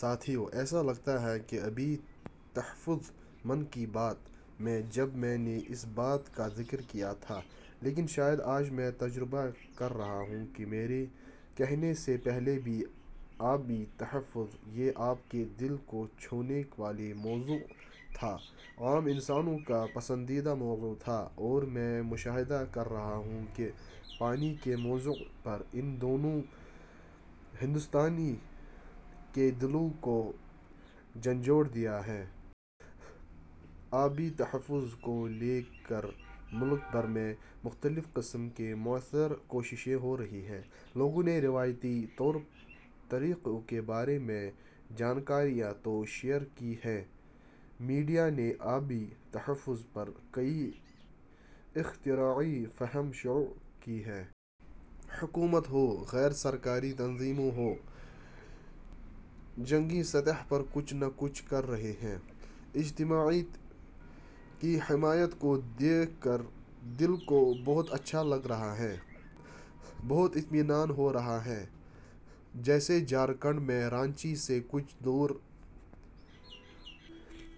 ساتھیوں؛ ایسا لگتا ہے کہ آبی تحفظ-'من کی بات' میں جب میں نے اس بات کا ذکر کیا تھا، لیکن شاید آج میں تجربہ کر رہا ہوں کہ میرے کہنے سے پہلے بھی آبی تحفظ یہ آپ کے دل کو چھونے والا موضوع تھا، عام انسانوں کا پسندیدہ موضوع تھا اور میں مشاہدہ کر رہا ہوں کہ پانی کے موضوع پر ان دنوں ہندوستان کے دلوں کو جھنجھوڑ دیا ہے۔ آبی تحفظ کو لے کر ملک بھر میں مختلف قسم کی مؤثر کوششیں ہو رہی ہیں۔ لوگوں نے روایتی طور طریقوں کے بارے میں جانکاریاں تو شیئر کی ہیں، میڈیا نے آبی تحفظ پر کئی اختراعی مہم شروع کی ہیں۔ حکومت ہو، غیرسرکاری تنظیموں ہوں- جنگی سطح پر کچھ نہ کچھ کر رہے ہیں۔ اجتماعیت کی حمایت کو دیکھ کر دل کو بہت اچھا لگ رہا ہے۔ بہت اطمینان ہو رہا ہے۔ جیسے جھارکھنڈ میں رانچی سے کچھ دور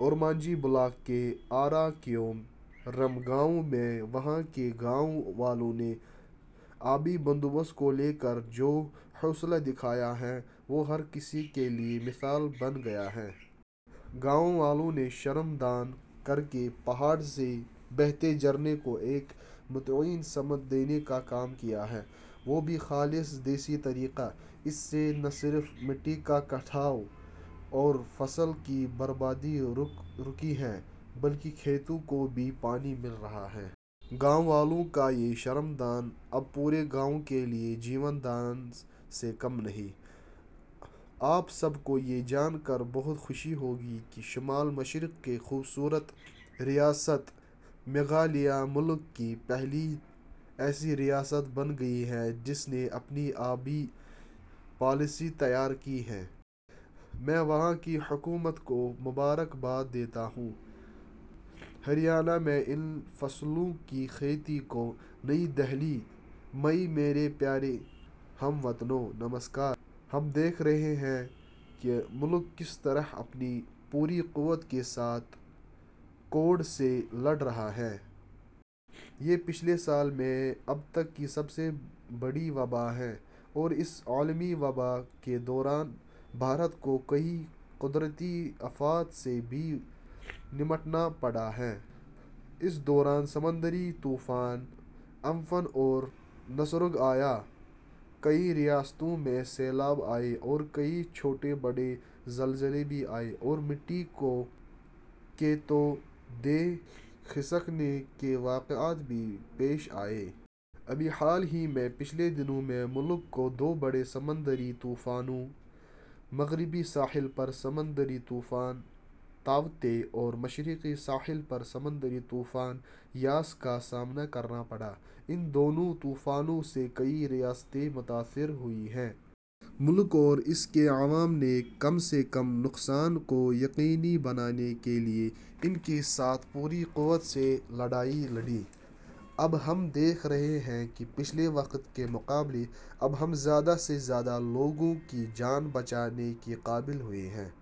اورمانجھی بلاک کے آرا کیرم گاؤں میں وہاں کے گاؤں والوں نے آبی بندوبست کو لے کر جو حوصلہ دکھایا ہے وہ ہر کسی کے لیے مثال بن گیا ہے۔ گاؤں والوں نے شرم دان کرکے پہاڑ سے بہتے جھرنے کو ایک متعین سمت دینے کا کام کیا ہے۔ وہ بھی خالص دیسی طریقہ۔ اس سے نہ صرف مٹی کا کٹاؤ اور فصل کی بربادی رکی ہے بلکہ کھیتوں کو بھی پانی مل رہا ہے۔ گاؤں والو ںکا یہ شرم دان اب پورے گاؤں کے لیے جیون دان سے کم نہیں۔ آپ سب کو یہ جان کر بہت خوشی ہوگی کہ شمال مشرق کی خوبصورت ریاست میگھالیہ ملک کی پہلی ایسی ریاست بن گئی ہے جس نے اپنی آبی پالیسی تیار کی ہے۔ میں وہاں کی حکومت کو مبارک باد دیتا ہوں۔ ہریانہ میں ان فصلوں کی کھیتی کو. نئی دہلی۔ مئی میرے پیارے ہم وطنوں ، نمسکار۔ ہم دیکھ رہے ہیں کہ ملک کس طرح اپنی پوری قوت کے ساتھ کووڈ – سے لڑ رہا ہے۔ یہ پچھلے سال میں اب تک کی سب سے بڑی وباء ہے اور اس عالمی وباء کے دوران بھارت کو کئی قدرتی آفات سے بھی نمٹنا پڑا ہے۔ اس دوران سمندری طوفان ' امفن ' اور نسرگ آیا ، کئی ریاستوں میں سیلاب آئے اور کئی چھوٹے بڑے زلزلے بھی آئے اور مٹی کے تودے کھسکنے کے واقعات بھی پیش آئے۔ ابھی حال ہی میں ، پچھلے دنوں میں ملک کو دو بڑے سمندری طوفانوں – مغربی ساحل پر سمندری طوفان تاوتے اور مشرقی ساحل پر سمندری طوفان یاس کا سامنا کرنا پڑا۔ ان دونوں طوفانوں سے کئی ریاستیں متاثر ہوئی ہیں۔ ملک اور اس کے عوام نے کم سے کم نقصان کو یقینی بنانے کے لئے ، ان کے ساتھ پوری قوت سے لڑائی لڑی۔ اب ہم دیکھ رہے ہیں کہ پچھلے وقت کےمقابلے ، اب ہم زیادہ سے زیادہ لوگوں کی جان بچانے کے قابل ہوئے ہیں۔